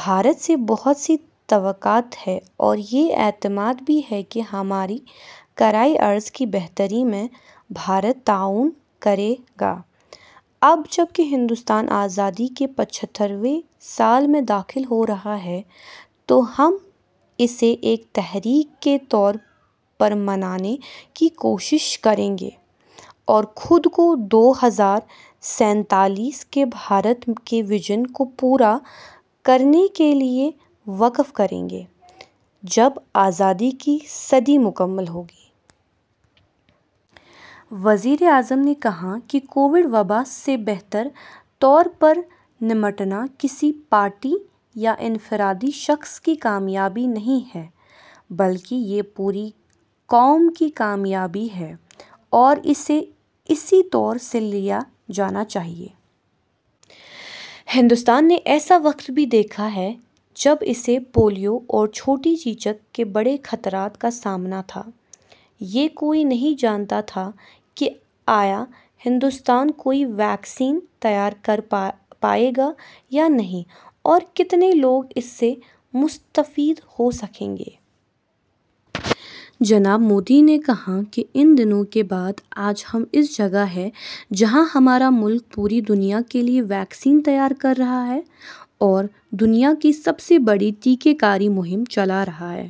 بھارت سے بہت سی توقعات ہیں اور یہ اعتماد بھی ہے کہ ہماری کرۂ ارض کی بہتری میں بھارت تعاون کرے گا۔ اب جب کہ ہندوستان آزادی کے پچھترویں سال میں داخل ہو رہا ہے تو ہم اسے ایک تحریک کے طور پر منانے کی کوشش کریں گے اور خود کو دو ہزار سینتالیس کے بھارت کے ویژن کو پورا کرنے کے لیے وقف کریں گے، جب آزادی کی صدی مکمل ہوگی۔ وزیر اعظم نے کہا کہ کووڈ وبا سے بہتر طور پر نمٹنا کسی پارٹی یا انفرادی شخص کی کامیابی نہیں ہے بلکہ یہ پوری قوم کی کامیابی ہے اور اسے اسی طور سے لیا جانا چاہیے۔ ہندوستان نے ایسا وقت بھی دیکھا ہے جب اسے پولیو اور چھوٹی چیچک کے بڑے خطرات کا سامنا تھا۔ یہ کوئی نہیں جانتا تھا کہ آیا ہندوستان کوئی ویکسین تیار کر پائے گا یا نہیں اور کتنے لوگ اس سے مستفید ہو سکیں گے۔ جناب مودی نے کہا کہ ان دنوں کے بعد آج ہم اس جگہ ہیں جہاں ہمارا ملک پوری دنیا کے لیے ویکسین تیار کر رہا ہے اور دنیا کی سب سے بڑی ٹیکہ کاری مہم چلا رہا ہے۔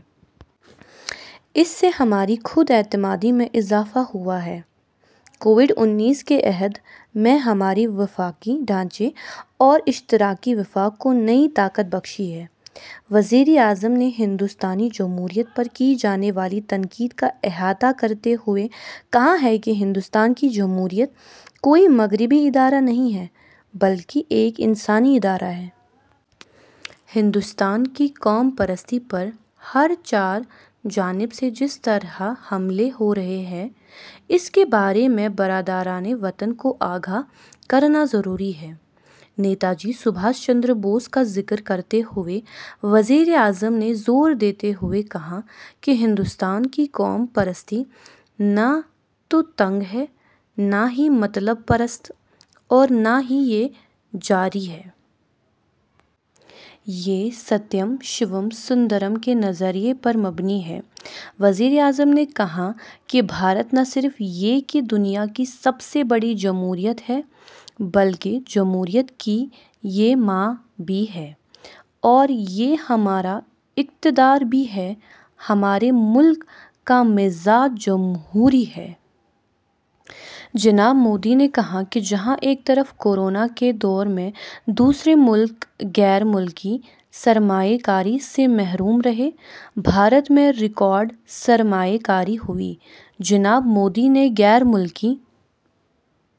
اس سے ہماری خود اعتمادی میں اضافہ ہوا ہے۔ کووڈ انیس کے عہد میں ہمارے وفاقی ڈھانچے اور اشتراکی وفاق کو نئی طاقت بخشی ہے۔ وزیر اعظم نے ہندوستانی جمہوریت پر کی جانے والی تنقید کا احاطہ کرتے ہوئے کہا کہ ہندوستان کی جمہوریت کوئی مغربی ادارہ نہیں ہے بلکہ ایک انسانی ادارہ ہے۔ ہندوستان کی قوم پرستی پر ہر چہار جانب سے جس طرح حملے ہو رہے ہیں، اس کے بارے میں برادران وطن کو آگاہ کرنا ضروری ہے۔ نیتا جی سبھاش چندر بوس کا ذکر کرتے ہوئے وزیر اعظم نے زور دیتے ہوئے کہا کہ ہندوستان کی قوم پرستی نہ تو تنگ ہے، نہ ہی مطلب پرست اور نہ ہی یہ جارح ہے۔ یہ ستیم، شیوم، سندرم کے نظریے پر مبنی ہے۔ وزیر اعظم نے کہا کہ بھارت نہ صرف یہ کہ دنیا کی سب سے بڑی جمہوریت ہے بلکہ جمہوریت کی یہ ماں بھی ہے اور یہ ہماری اقدار بھی ہیں، ہمارے ملک کا مزاج جمہوری ہے۔ جناب مودی نے کہا کہ جہاں ایک طرف کورونا کے دور میں دوسرے ملک غیر ملکی سرمایہ کاری سے محروم رہے، بھارت میں ریکارڈ سرمایہ کاری ہوئی۔ جناب مودی نے غیر ملکی